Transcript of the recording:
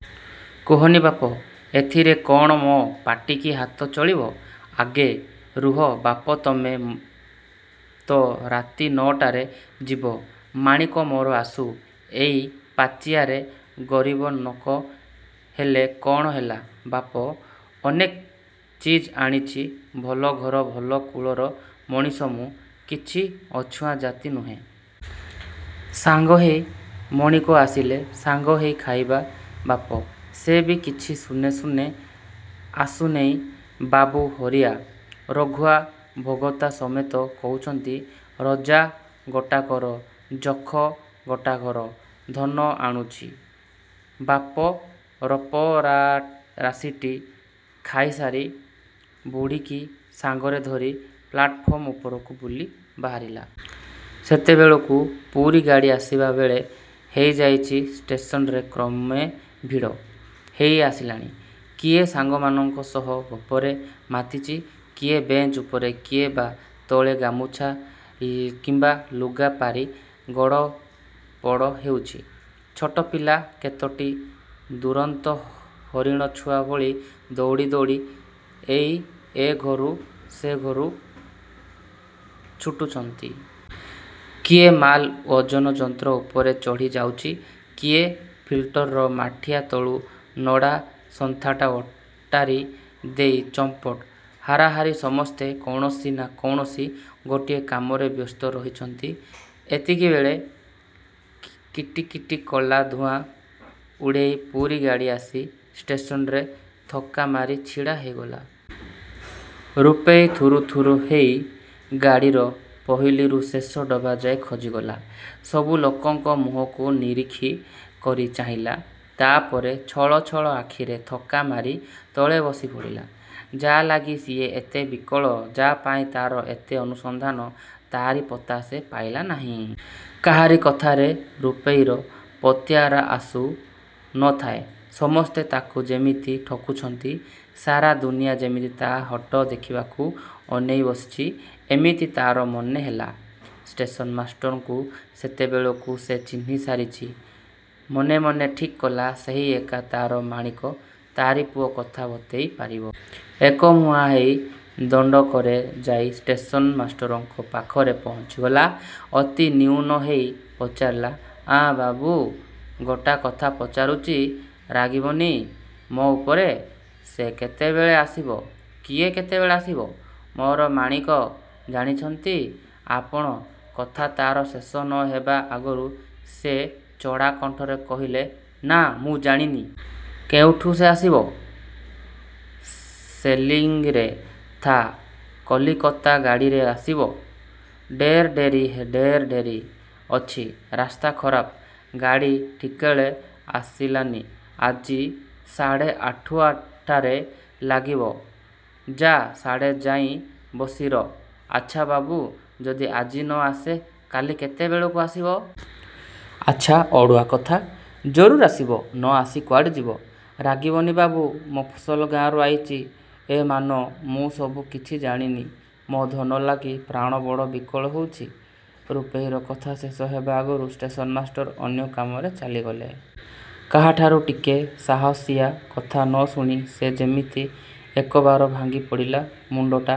କୁହନି ବାପ, ଏଥିରେ କଣ ମୋ ପାଟିକି ହାତ ଚଳିବ ଆଗେ। ରୁହ ବାପ, ତମେ ତ ରାତି ନ'ଟାରେ ଯିବ। ମାଣିକ ମୋର ଆସୁ, ଏଇ ପାଚିଆରେ, ଗରିବ ନୋକ ହେଲେ କଣ ହେଲା ବାପ, ଅନେକ ଚିଜ ଆଣିଚି। ଭଲ ଘର, ଭଲ କୂଳର ମଣିଷ ମୁଁ, କିଛି ଅଛୁଆଁ ଜାତି ନୁହେଁ। ସାଙ୍ଗ ହେଇ, ମଣିକ ଆସିଲେ ସାଙ୍ଗ ହେଇ ଖାଇବା ବାପ। ସେ ବି କିଛି ଶୂନେ ଶୂନେ ଆସୁନେଇ ବାବୁ, ହରିଆ, ରଘୁଆ, ଭଗତା ସମତେ କହୁଚନ୍ତି–ରଜା ଗୋଟାକର, ଯଖ ଗୋଟାକର ଧନ ଆଣୁଚି ବାପ। ରପରାସିଟି ଖାଇସାରି ବୁଢ଼ୀକି ସାଙ୍ଗରେ ଧରି ପ୍ଲାଟଫର୍ମ ଉପରକୁ ବୁଲି ବାହାରିଲା। ସେତେବେଳକୁ ପୁରୀ ଗାଡ଼ି ଆସିବା ବେଳ ହେଇଯାଇଚି। ଷ୍ଟେସନରେ କ୍ରମେ ଭିଡ଼ ହେଇଆସିଲାଣି। କିଏ ସାଙ୍ଗମାନଙ୍କ ସହ ଗପରେ ମାତିଚି। କିଏ ବେଞ୍ଚ ଉପରେ କିଏ ବା ତଳେ ଗାମୁଛା କିମ୍ବା ଲୁଗାପାରି ଗଡ଼ପଡ଼ ହେଉଚି। ଛୋଟପିଲା କେତୋଟି ଦୁରନ୍ତ ହରିଣ ଛୁଆ ଭଳି ଦୌଡ଼ା ଦୌଡ଼ି ହେଇ ଏ ଘରୁ ସେ ଘରକୁ ଛୁଟୁଚନ୍ତି। କିଏ ମାଲ ଓଜନ ଯନ୍ତ୍ର ଉପରେ ଚଢ଼ି ଯାଉଚି-। କିଏ ଫିଲ୍ଟରର ମାଠିଆ ତଳୁ ନଡ଼ା ସନ୍ଥାଟା ଓଟାରି ଦେଇ ଚମ୍ପଟ। ହାରାହାରି ସମସ୍ତେ କୌଣସି ନା କୌଣସି ଗୋଟିଏ କାମରେ ବ୍ୟସ୍ତ ରହିଚନ୍ତି। ଏତିକିବେଳେ କିଟିକିଟି କଳା ଧୂଆଁ ଉଡ଼େଇ ପୁରୀ ଗାଡ଼ି ଆସି ଷ୍ଟେସନରେ ଥକ୍କା ମାରି ଛିଡ଼ା ହେଇଗଲା। ରୂପେଇ ଥୁରୁଥୁରୁ ହେଇ ଗାଡ଼ିର ପହିଲିରୁ ଶେଷ ଡବାଯାଏ ଖୋଜିଗଲା। ସବୁ ଲୋକଙ୍କ ମୁହଁକୁ ନିରୀଖି। କରି ଚାହିଁଲା। ତା'ପରେ ଛଳଛଳ ଆଖିରେ ଥକା ମାରି ତଳେ ବସିପଡ଼ିଲା। ଯା'ଲାଗି ସିଏ ଏତେ ବିକଳ, ଯା'ପାଇଁ ତାର ଏତେ ଅନୁସନ୍ଧାନ, ତାରି ପତା ସେ ପାଇଲା ନାହିଁ। କାହାରି କଥାରେ ରୂପେଇର ପତିଆରା ଆସୁ ନ ଥାଏ। ସମସ୍ତେ ତାକୁ ଯେମିତି ଠକୁଚନ୍ତି। ସାରା ଦୁନିଆ ଯେମିତି ତା' ହଟ ଦେଖିବାକୁ ଅନେଇ ବସିଚି, ଏମିତି ତାର ମନେ ହେଲା-। ଷ୍ଟେସନମାଷ୍ଟରଙ୍କୁ ସେତେବେଳକୁ ସେ ଚିହ୍ନି ସାରିଚି, ମନେମନେ ଠିକ୍ କଲା ସେହି ଏକା ତାର ମାଣିକ, ତାରି ପୁଅ କଥା ବତେଇ ପାରିବେ। ଏକମୁହାଁ ହେଇ ଦଣ୍ଡକରେ ଯାଇଁ ଷ୍ଟେସନମାଷ୍ଟରଙ୍କ ପାଖରେ ପହଞ୍ଚିଗଲା। ଅତି ନିଉନ ହେଇ ପଚାରିଲା–"ଆଁ–ବାବୁ, ଗୋଟା କଥା ପଚାରୁଚି, ରାଗିବନି ମୋ ଉପରେ, ସେ କେତେବେଳେ ଆସିବ? –କିଏ କେତେବେଳେ ଆସିବ? –ମୋର ମାଣିକ, ଜାଣିଚ'ନ୍ତି ଆପଣ... କଥା ତା'ର ଶେଷ ନ ହେବା ଆଗରୁ ସେ ଚଢ଼ା କଣ୍ଠରେ କହିଲେ–ନା, ମୁଁ ଜାଣିନି। କେଉଠୁ ସେ ଆସିବ? –ଶେଲିଙ୍ଗିରେ ଥା', କଲିକତା ଗାଡ଼ିରେ ଆସିବ। –ଢେର ଡେରି, ଢେର ଡେରି ଅଛି। ରାସ୍ତା ଖରାପ, ଗାଡ଼ି ଠିକ୍ବେଳେ ଆସିଲାନି ଆଜି, ସାଢ଼େ ଆଠୁଟାରେ ଲାଗିବ। ଯା, ସାଢ଼େ ଯାଇଁ ବସି ର'। –ଆଚ୍ଛା ବାବୁ, ଯଦି ଆଜି ନ ଆସେ, କାଲି କେତେବେଳକୁ ଆସିବ? –ଆଚ୍ଛା ଅଡ଼ୁଆ କଥା। ଜରୁର୍ ଆସିବ, ନ ଆସି କୁଆଡ଼େ ଯିବ। –ରାଗିବନି ବାବୁ, ମଫସଲ ଗାଁରୁ ଆଇଚି, ଏ ମାନ ମୁଁ ସବୁ କିଛି ଜାଣିନି। ମୋ ଧନ ଲାଗି ପ୍ରାଣ ବଡ଼ ବିକଳ ହଉଚି। ରୂପେଇର କଥା ଶେଷ ହେବା ଆଗରୁ ଷ୍ଟେସନମାଷ୍ଟର ଅନ୍ୟ କାମରେ ଚାଲିଗଲେ। କାହାଠାରୁ ଟିକେ ସାହସିଆ କଥା ନ ଶୁଣି ସେ ଯେମିତି ଏକବାର ଭାଙ୍ଗି ପଡ଼ିଲା। ମୁଣ୍ଡଟା